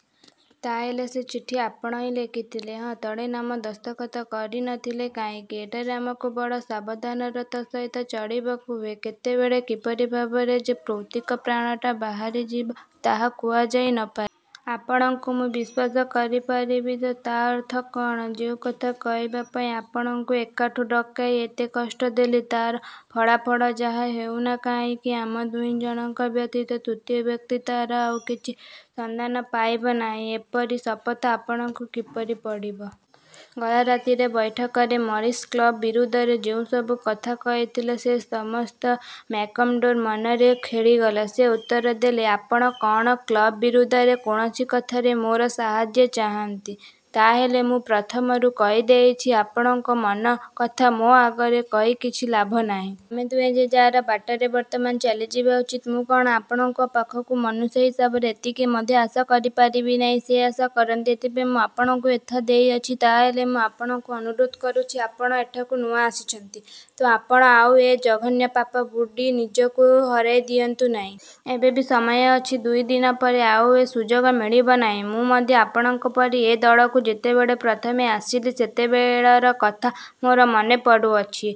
'' ''ତା ହେଲେ ସେ ଚିଠି ଆପଣ ହିଁ ଲେଖିଥିଲେ? ''ହଁ। '' ''ତଳେ ନାମ ଦସ୍ତଖତ କରି ନ ଥିଲେ କାହିଁକି? '' ''ଏଠାରେ ଆମକୁ ବଡ଼ ସାବଧାନତାର ସହିତ ଚଳିବାକୁ ହୁଏ। କେତେବେଳେ କିପରି ଭାବରେ ଯେ ପୈତୃକ ପ୍ରାଣଟା ବାହାରିଯିବ, ତାହା କୁହାଯାଇ ନ ପାରେ। ଆପଣଙ୍କୁ ମୁଁ ବିଶ୍ୱାସ କରିପାରିବି ତ? '' ''ତା ଅର୍ଥ କଅଣ? '' ''ଯେଉଁ କଥା କହିବା ପାଇଁ ଆପଣଙ୍କୁ ଏଠାକୁ ଡକାଇ ଏତେ କଷ୍ଟ ଦେଲି, ତାର ଫଳାଫଳ ଯାହା ହେଉ ନା କାହିଁକି, ଆମ ଦୁଇ ଜଣଙ୍କ ବ୍ୟତୀତ ତୃତୀୟ ବ୍ୟକ୍ତି ତାର ଆଉ କିଛି ସନ୍ଧାନ ପାଇବ ନାହିଁ–ଏପରି ଶପଥ ଆପଣଙ୍କୁ କରିବାକୁ ପଡ଼ିବ। '' ଗଲା ରାତିରେ ବୈଠକରେ ମରିସ୍ କ୍ଳବ ବିରୁଦ୍ଧରେ ଯେଉଁସବୁ କଥା କହିଥିଲେ, ସେ ସମସ୍ତ ମ୍ୟାକ୍ମାର୍ଡ଼ୋର ମନରେ ଖେଳିଗଲା। ସେ ଉତ୍ତର ଦେଲା- ''ଆପଣ କଅଣ କ୍ଳବ ବିରୁଦ୍ଧରେ କୌଣସି କଥାରେ ମୋର ସାହାଯ୍ୟ ଚାହାନ୍ତି? ତା ହେଲେ ମୁଁ ପ୍ରଥମରୁ କହିଦେଉଛି, ଆପଣଙ୍କ ମନର କଥା ମୋ ଆଗରେ କହି କିଛି ଲାଭ ନାହିଁ। ଆମେ ଦୁହେଁ ଯେ ଯାହାର ବାଟରେ ବର୍ତ୍ତମାନ ଚାଲିଯିବା ଉଚିତ। ମୁଁ କଅଣ ଆପଣଙ୍କ ପାଖରୁ ମନୁଷ୍ୟ ହିସାବରେ ଏତିକି ମଧ୍ୟ ଆଶା କରିପାରିବି ନାହିଁ। '' ''ସେ ଆଶା କରନ୍ତୁ; ଏଥିପାଇଁ ମୁଁ ଆପଣଙ୍କୁ ଏଥା ଦେଉଅଛି। '' ''ତାହାହେଲେ ମୁଁ ଆପଣଙ୍କୁ ଅନୁରୋଧ କରୁଅଛି, ଆପଣ ଏଠାକୁ ନୂଆ ଆସିଛନ୍ତି ତ–ଆପଣ ଆଉ ଏ ଜଘନ୍ୟ ପାପରେ ବୁଡ଼ି ନିଜକୁ ହରାଇ ଦିଅନ୍ତୁ ନାହିଁ। ଏବେ ବି ସମୟ ଅଛି, ଦୁଇ ଦିନ ପରେ ଆଉ ଏ ସୁଯୋଗ ମିଳିବ ନାହିଁ। ମୁଁ ମଧ୍ୟ ଆପଣଙ୍କ ପରି ଏ ଦଳକୁ ଯେତେବେଳେ ପ୍ରଥମେ ଆସିଲି, ସେତେବେଳେର କଥା ମୋର ମନେ ପଡ଼ୁଅଛି।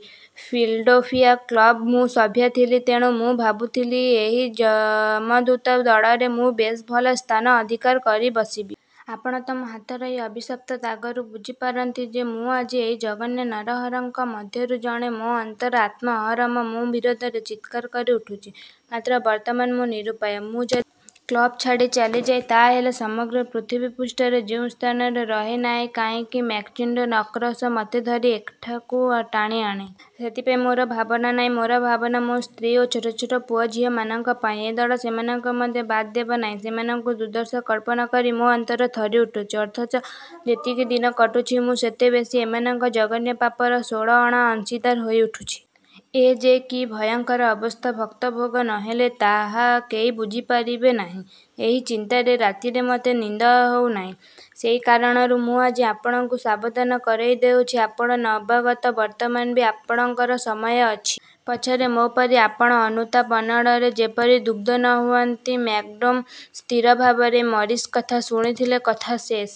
ଫିଲାଡେଲଫିଆ କ୍ଳବର ମୁଁ ସଭ୍ୟ ଥିଲି। ତେଣୁ ମୁଁ ଭାବୁଥିଲି, ଏହି ଯମଦୂତ ଦଳରେ ମୁଁ ବେଶ୍ ଭଲ ସ୍ଥାନ ଅଧିକାର କରି ବସିବି। ଆପଣ ତ ମୋ ହାତର ଏହି ଅଭିଶପ୍ତ ଦାଗରୁ ବୁଝିପାରୁଥିବେ ଯେ, ମୁଁ ଆଜି ଏହି ଜଘନ୍ୟ ନରହନ୍ତାଙ୍କ ମଧ୍ୟରୁ ଜଣେ। ମୋ ଅନ୍ତରର ଆତ୍ମା ଅହରହ ମୋ ବିରୋଧରେ ଚିତ୍କାର କରି ଉଠୁଛି। ମାତ୍ର ବର୍ତ୍ତମାନ ମୁଁ ନିରୂପାୟ। ମୁଁ ଯଦି କ୍ଳବ୍ ଛାଡ଼ି ଚାଲିଯାଏ, ତାହାହେଲେ ସମଗ୍ର ପୃଥିବୀପୃଷ୍ଠରେ ଯେଉଁ ସ୍ଥାନରେ ରହେ ନା କାହଁକି, ମ୍ୟାକ୍ଜିଣ୍ଟିର ଆକ୍ରୋଶ ମୋତେ ଧରି ଏଠାକୁ ଟାଣିଆଣିବ। ସେଥିପାଇଁ ମୋର ଭାବନା ନାହିଁ। ମୋର ଭାବନା–ମୋ ସ୍ତ୍ରୀ ଓ ଛୋଟଛୋଟ ପୁଅ ଝିଅଙ୍କ ପାଇଁ। ଏ ଦଳ ସେମାନଙ୍କୁ ମଧ୍ୟ ବାଦ୍ ଦେବେ ନାହିଁ। ସେମାନଙ୍କ ଦୁର୍ଦ୍ଦଶା କଳ୍ପନା କରି ମୋ ଅନ୍ତର ଥରିଉଠୁଛି। ଅଥଚ ଯେତିକି ଦିନ କଟୁଛି, ମୁଁ ସେତେ ବେଶୀ ଏମାନଙ୍କ ଜଘନ୍ୟ ପାପର ଷୋଳ ଅଣା ଅଂଶୀଦାର ହୋଇଉଠୁଅଛି। ଏ ଯେ କି ଭୟଙ୍କର ଅବସ୍ଥା, ଭୁକ୍ତଭୋଗୀ ନ ହେଲେ ତାହା କେହି ବୁଝିପାରିବ ନାହିଁ। ଏହି ଚିନ୍ତାରେ ରାତିରେ ମୋତେ ନିଦ ହେଉ ନାହିଁ। ସେହି କାରଣରୁ ମୁଁ ଆଜି ଆପଣଙ୍କୁ ସାବଧାନ କରାଇଦେଉଅଛି। ଆପଣ ନବାଗତ, ବର୍ତ୍ତମାନ ବି ଆପଣଙ୍କର ସମୟ ଅଛି। ପଛରେ ମୋ ପରି ଆପଣ ଅନୁତାପ-ଅନଳରେ ଯେପରି ଦଗ୍ଧ ନ ହୁଅନ୍ତି। '' ମ୍ୟାକ୍ମାର୍ଡ଼ୋ ସ୍ଥିର ଭାବରେ ମରିସ୍ର କଥା ଶୁଣୁଥିଲା। କଥା ଶେଷ